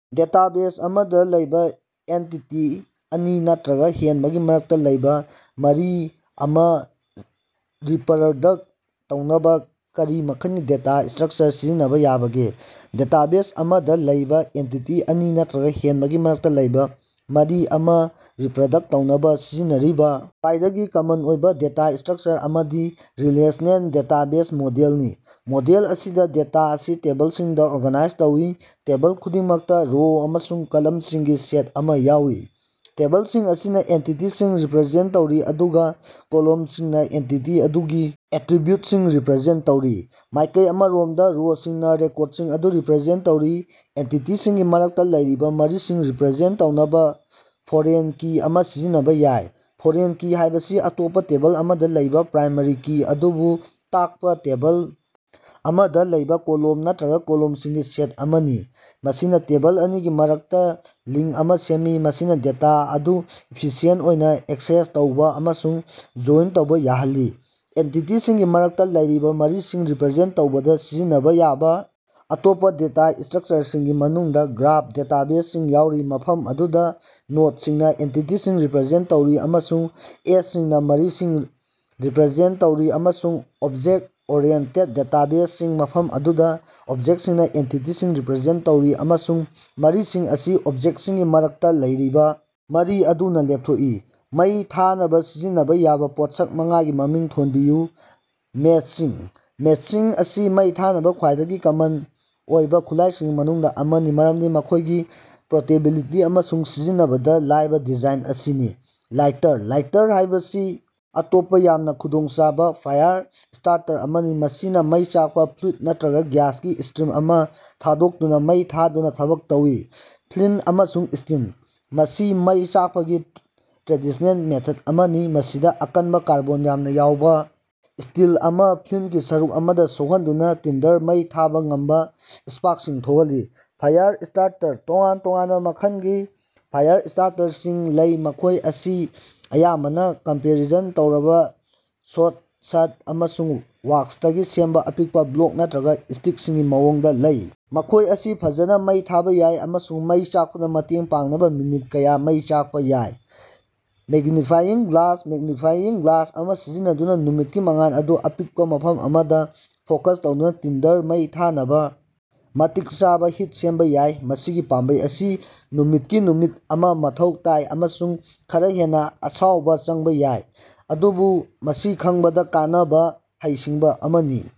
Database ꯑꯃꯗꯥ ꯂꯩꯕꯥ entity ꯑꯅꯤ ꯅꯠꯇꯔꯒ ꯍꯦꯟꯕꯒꯤ ꯃꯔꯛꯇ ꯂꯩꯕꯥ ꯃꯔꯤ ꯑꯃꯥ ꯔꯤꯄꯔꯗꯛ ꯇꯧꯅꯕꯥ ꯀꯔꯤ ꯃꯈꯜꯒꯤ ꯗꯦꯇꯥ ꯁ꯭ꯇꯔꯛꯆꯔ ꯁꯤꯖꯤꯟꯅꯕꯥ ꯌꯥꯕꯒꯦ? ꯗꯦꯇꯥꯕꯦꯖ ꯑꯃꯗ ꯂꯩꯕꯥ ꯑꯦꯟꯇꯤꯇꯤ ꯑꯅꯤ ꯅꯠꯇꯔꯒ ꯍꯦꯟꯕꯒꯤ ꯃꯔꯛꯇ ꯂꯩꯕꯥ ꯃꯔꯤ ꯑꯃꯥ ꯔꯤꯄꯔꯗꯛ ꯇꯧꯅꯕꯥ ꯁꯤꯖꯤꯟꯅꯔꯤꯕꯥ ꯈ꯭ꯋꯥꯏꯗꯒꯤ ꯀꯃꯟ ꯑꯣꯏꯕ ꯗꯦꯇꯥ ꯁ꯭ꯇꯔꯛꯆꯔ ꯑꯃꯗꯤ ꯔꯤꯂꯦꯁꯅꯦꯜ ꯗꯦꯇꯥꯕꯦꯖ ꯃꯣꯗꯦꯜꯅꯤ꯫ ꯃꯣꯗꯦꯜ ꯑꯁꯤꯗꯥ ꯗꯦꯇꯥ ꯑꯁꯤ ꯇꯦꯕꯜꯁꯤꯡꯗꯥ ꯑꯣꯔꯒꯅꯥꯏꯖ ꯇꯧꯏ, ꯇꯦꯕꯜ ꯈꯨꯗꯤꯡꯃꯛꯇꯥ ꯔꯣ ꯑꯃꯁꯨꯡ ꯀꯣꯂꯝꯁꯤꯡꯒꯤ ꯁꯦꯠ ꯑꯃꯥ ꯌꯥꯎꯏ꯫ ꯇꯦꯕꯜꯁꯤꯡ ꯑꯁꯤꯅ ꯑꯦꯟꯇꯤꯇꯤꯁꯤꯡ ꯔꯤꯄꯔꯖꯦꯟ ꯇꯧꯔꯤ, ꯑꯗꯨꯒꯥ ꯀꯣꯂꯝꯁꯤꯡꯅ ꯑꯦꯟꯇꯤꯇꯤ ꯑꯗꯨꯒꯤ ꯑꯦꯇꯔꯤꯕ꯭ꯌꯨꯠꯁꯤꯡ ꯔꯤꯄꯔꯖꯦꯟ ꯇꯧꯔꯤ꯫ ꯃꯥꯏꯀꯩ ꯑꯃꯔꯣꯝꯗ ꯔꯣꯁꯤꯡꯅꯥ ꯔꯦꯀꯣꯔꯗꯁꯤꯡ ꯑꯗꯨ ꯔꯤꯄꯔꯖꯦꯟꯠ ꯇꯧꯔꯤ꯫ ꯑꯦꯟꯇꯤꯇꯤꯁꯤꯡꯒꯤ ꯃꯔꯛꯇꯥ ꯂꯩꯔꯤꯕꯥ ꯃꯔꯤꯁꯤꯡ ꯔꯤꯄꯔꯖꯦꯟꯇ ꯇꯧꯅꯕꯥ ꯐꯣꯔꯦꯟ ꯀꯤ ꯑꯃꯥ ꯁꯤꯖꯤꯟꯅꯕ ꯌꯥꯏ꯫ ꯐꯣꯔꯦꯟ ꯀꯤ ꯍꯥꯏꯕꯁꯤ ꯑꯇꯣꯞꯄꯥ ꯇꯦꯕꯜ ꯑꯃꯗ ꯂꯩꯕꯥ ꯄ꯭ꯔꯥꯏꯃꯥꯔꯤ ꯀꯤ ꯑꯗꯨꯕꯨ ꯇꯥꯛꯄꯥ ꯇꯦꯕꯜ ꯑꯃꯗꯥ ꯂꯩꯕꯥ ꯀꯣꯂꯝ ꯅꯠꯇꯔꯒꯥ ꯀꯣꯂꯝꯁꯤꯡꯒꯤ ꯁꯦꯠ ꯑꯃꯅꯤ꯫ ꯃꯁꯤꯅꯥ ꯇꯦꯕꯜ ꯑꯅꯤꯒꯤ ꯃꯔꯛꯇꯥ ꯂꯤꯡ ꯑꯃꯥ ꯁꯦꯝꯃꯤ, ꯃꯁꯤꯅ ꯗꯦꯇꯥ ꯑꯗꯨ ꯏꯐꯤꯁꯤꯑꯦꯟꯠ ꯑꯣꯏꯅꯥ ꯑꯦꯛꯁꯦꯁ ꯇꯧꯕꯥ ꯑꯃꯁꯨꯡ ꯖꯣꯏꯟꯠ ꯇꯧꯕꯥ ꯌꯥꯍꯜꯂꯤ꯫ ꯑꯦꯟꯇꯤꯇꯤꯁꯤꯡꯒꯤ ꯃꯔꯛꯇ ꯂꯩꯔꯤꯕ ꯃꯔꯤꯁꯤꯡ ꯔꯤꯄꯔꯖꯦꯟꯠ ꯇꯧꯕꯗ ꯁꯤꯖꯤꯟꯅꯕꯥ ꯌꯥꯕꯥ ꯑꯇꯣꯞꯄ ꯗꯦꯇꯥ ꯁ꯭ꯇꯔꯛꯆꯔꯁꯤꯡꯒꯤ ꯃꯅꯨꯡꯗꯥ ꯒ꯭ꯔꯥꯐ ꯗꯦꯇꯥꯕꯦꯖꯁꯤꯡ ꯌꯥꯎꯔꯤ, ꯃꯐꯝ ꯑꯗꯨꯗꯥ ꯅꯣꯗꯁꯤꯡꯅꯥ ꯑꯦꯟꯇꯤꯇꯤꯁꯤꯡ ꯔꯤꯄꯔꯖꯦꯟꯇ ꯇꯧꯔꯤ ꯑꯃꯁꯨꯡ ꯑꯦꯖꯁꯤꯡꯅ ꯃꯔꯤꯁꯤꯡ ꯔꯤꯄꯔꯖꯦꯟꯇ ꯇꯧꯔꯤ, ꯑꯃꯁꯨꯡ ꯑꯣꯕꯖꯦꯛꯇ-ꯑꯣꯔꯤꯑꯦꯟꯇꯦꯗ ꯗꯦꯇꯥꯕꯦꯖꯁꯤꯡ, ꯃꯐꯝ ꯑꯗꯨꯗꯥ ꯑꯣꯕꯖꯦꯛꯇꯁꯤꯡꯅ ꯑꯦꯟꯇꯤꯇꯤꯁꯤꯡ ꯔꯤꯄꯔꯖꯦꯟꯠ ꯇꯧꯔꯤ ꯑꯃꯁꯨꯡ ꯃꯔꯤꯁꯤꯡ ꯑꯁꯤ ꯑꯣꯕꯖꯦꯛꯠꯁꯤꯡꯒꯤ ꯃꯔꯛꯇ ꯂꯩꯔꯤꯕꯥ ꯃꯔꯤ ꯑꯗꯨꯅ ꯂꯦꯞꯊꯣꯛꯏ꯫ ꯃꯩ ꯊꯥꯅꯕꯥ ꯁꯤꯖꯤꯟꯅꯕꯥ ꯌꯥꯕꯥ ꯄꯣꯠꯁꯛ ꯃꯉꯥꯒꯤ ꯃꯃꯤꯡ ꯊꯣꯟꯕꯤꯌꯨ꯫ ꯃꯦꯆꯁꯤꯡ: ꯃꯦꯆꯁꯤꯡ ꯑꯁꯤ ꯃꯩ ꯊꯥꯅꯕꯥ ꯈ꯭ꯋꯥꯏꯗꯒꯤ ꯀꯃꯟ ꯑꯣꯏꯕꯥ ꯈꯨꯠꯂꯥꯏꯁꯤꯡꯒꯤ ꯃꯅꯨꯡꯗꯥ ꯑꯃꯅꯤ ꯃꯔꯝꯗꯤ ꯃꯈꯣꯏꯒꯤ ꯄꯣꯔꯇꯦꯕꯤꯂꯤꯇꯤ ꯑꯃꯁꯨꯡ ꯁꯤꯖꯤꯟꯅꯕꯗ ꯂꯥꯏꯕ ꯗꯤꯖꯥꯏꯟ ꯑꯁꯤꯅꯤ꯫ ꯂꯥꯏꯇꯔ: ꯂꯥꯏꯇꯔ ꯍꯥꯏꯕꯁꯤ ꯑꯇꯣꯞꯄ ꯌꯥꯝꯅꯥ ꯈꯨꯗꯣꯡꯆꯥꯕꯥ ꯐꯥꯏꯔ ꯁ꯭ꯇꯥꯔꯇꯔ ꯑꯃꯅꯤ, ꯃꯁꯤꯅꯥ ꯃꯩ ꯆꯥꯛꯄꯥ ꯐ꯭ꯂꯨꯏꯗ ꯅꯠꯇꯔꯒ ꯒ꯭ꯌꯥꯁꯀꯤ ꯁ꯭ꯇꯔꯤꯝ ꯑꯃꯥ ꯊꯥꯗꯣꯛꯇꯨꯅꯥ ꯃꯩ ꯊꯥꯗꯨꯅꯥ ꯊꯕꯛ ꯇꯧꯏ꯫ ꯐ꯭ꯂꯤꯟꯇ ꯑꯃꯁꯨꯡ ꯁ꯭ꯇꯤꯜ: ꯃꯁꯤ ꯃꯩ ꯆꯥꯛꯄꯒꯤ ꯇ꯭ꯔꯦꯗꯤꯁꯅꯦꯜ ꯃꯦꯊꯗ ꯑꯃꯅꯤ, ꯃꯁꯤꯗꯥ ꯑꯀꯟꯕꯥ, ꯀꯥꯔꯕꯣꯟ ꯌꯥꯝꯅ ꯌꯥꯎꯕ ꯁ꯭ꯇꯤꯜ ꯑꯃꯥ ꯐ꯭ꯂꯤꯟꯀꯤ ꯁꯔꯨꯛ ꯑꯃꯗꯥ ꯁꯣꯛꯍꯟꯗꯨꯅ ꯇꯤꯟꯗꯔ ꯃꯩ ꯊꯥꯕ ꯉꯝꯕꯥ ꯁ꯭ꯄꯥꯔꯛꯁꯤꯡ ꯊꯣꯛꯍꯜꯂꯤ꯫ ꯐꯥꯏꯌꯔ ꯁ꯭ꯇꯥꯔꯇꯔ: ꯇꯣꯉꯥꯟ-ꯇꯣꯉꯥꯟꯕꯥ ꯃꯈꯜꯒꯤ ꯐꯥꯏꯔꯁ꯭ꯇꯥꯔꯁꯤꯡ ꯂꯩ, ꯃꯈꯣꯏ ꯑꯁꯤ ꯑꯌꯥꯝꯕꯅꯥ ꯀꯝꯄꯔꯦꯁꯟ ꯇꯧꯔꯕꯥ ꯁꯣꯗꯁ꯭ꯠ ꯑꯃꯁꯨꯡ ꯋꯥꯛꯁꯇꯒꯤ ꯁꯦꯝꯕꯥ ꯑꯄꯤꯛꯄꯥ ꯕ꯭ꯂꯣꯛ ꯅꯠꯇꯔꯒ ꯁ꯭ꯇꯤꯛꯁꯤꯡꯒꯤ ꯃꯑꯣꯡꯗ ꯂꯩ, ꯃꯈꯣꯏ ꯑꯁꯤ ꯐꯖꯅ ꯃꯩ ꯊꯥꯕꯥ ꯌꯥꯏ ꯑꯃꯁꯨꯡ ꯃꯩ ꯆꯥꯛꯄꯗꯥ ꯃꯇꯦꯡ ꯄꯥꯡꯅꯕ ꯃꯤꯅꯤꯠ ꯀꯌꯥ ꯃꯩ ꯆꯥꯛꯄꯥ ꯌꯥꯏ꯫ ꯃꯦꯒ꯭ꯅꯤꯐꯥꯏꯌꯤꯡ ꯒ꯭ꯂꯥꯁ: ꯃꯦꯒ꯭ꯅꯤꯐꯤꯌꯤꯡ ꯒ꯭ꯂꯥꯁ ꯑꯃꯥ ꯁꯤꯖꯤꯟꯅꯗꯨꯅ ꯅꯨꯃꯤꯠꯀꯤ ꯃꯉꯥꯜ ꯑꯗꯨ ꯑꯄꯤꯛꯄ ꯃꯐꯝ ꯑꯃꯗ ꯐꯣꯀꯁ ꯇꯧꯗꯨꯅ ꯇꯤꯟꯗꯔ ꯃꯩ ꯊꯥꯅꯕꯥ ꯃꯇꯤꯛ ꯆꯥꯕꯥ ꯍꯤꯠ ꯁꯦꯝꯕꯥ ꯌꯥꯏ꯫ ꯃꯁꯤꯒꯤ ꯄꯥꯝꯕꯩ ꯑꯁꯤ ꯅꯨꯃꯤꯠꯀꯤ ꯅꯨꯃꯤꯠ ꯑꯃꯥ ꯃꯊꯧ ꯇꯥꯏ ꯑꯃꯁꯨꯡ ꯈꯔꯥ ꯍꯦꯟꯅꯥ ꯑꯁꯥꯎꯕꯥ ꯆꯪꯕꯥ ꯌꯥꯏ, ꯑꯗꯨꯕꯨ ꯃꯁꯤ ꯈꯪꯕꯗꯥ ꯀꯥꯟꯅꯕꯥ ꯍꯩꯁꯤꯡꯕꯥ ꯑꯃꯅꯤ꯫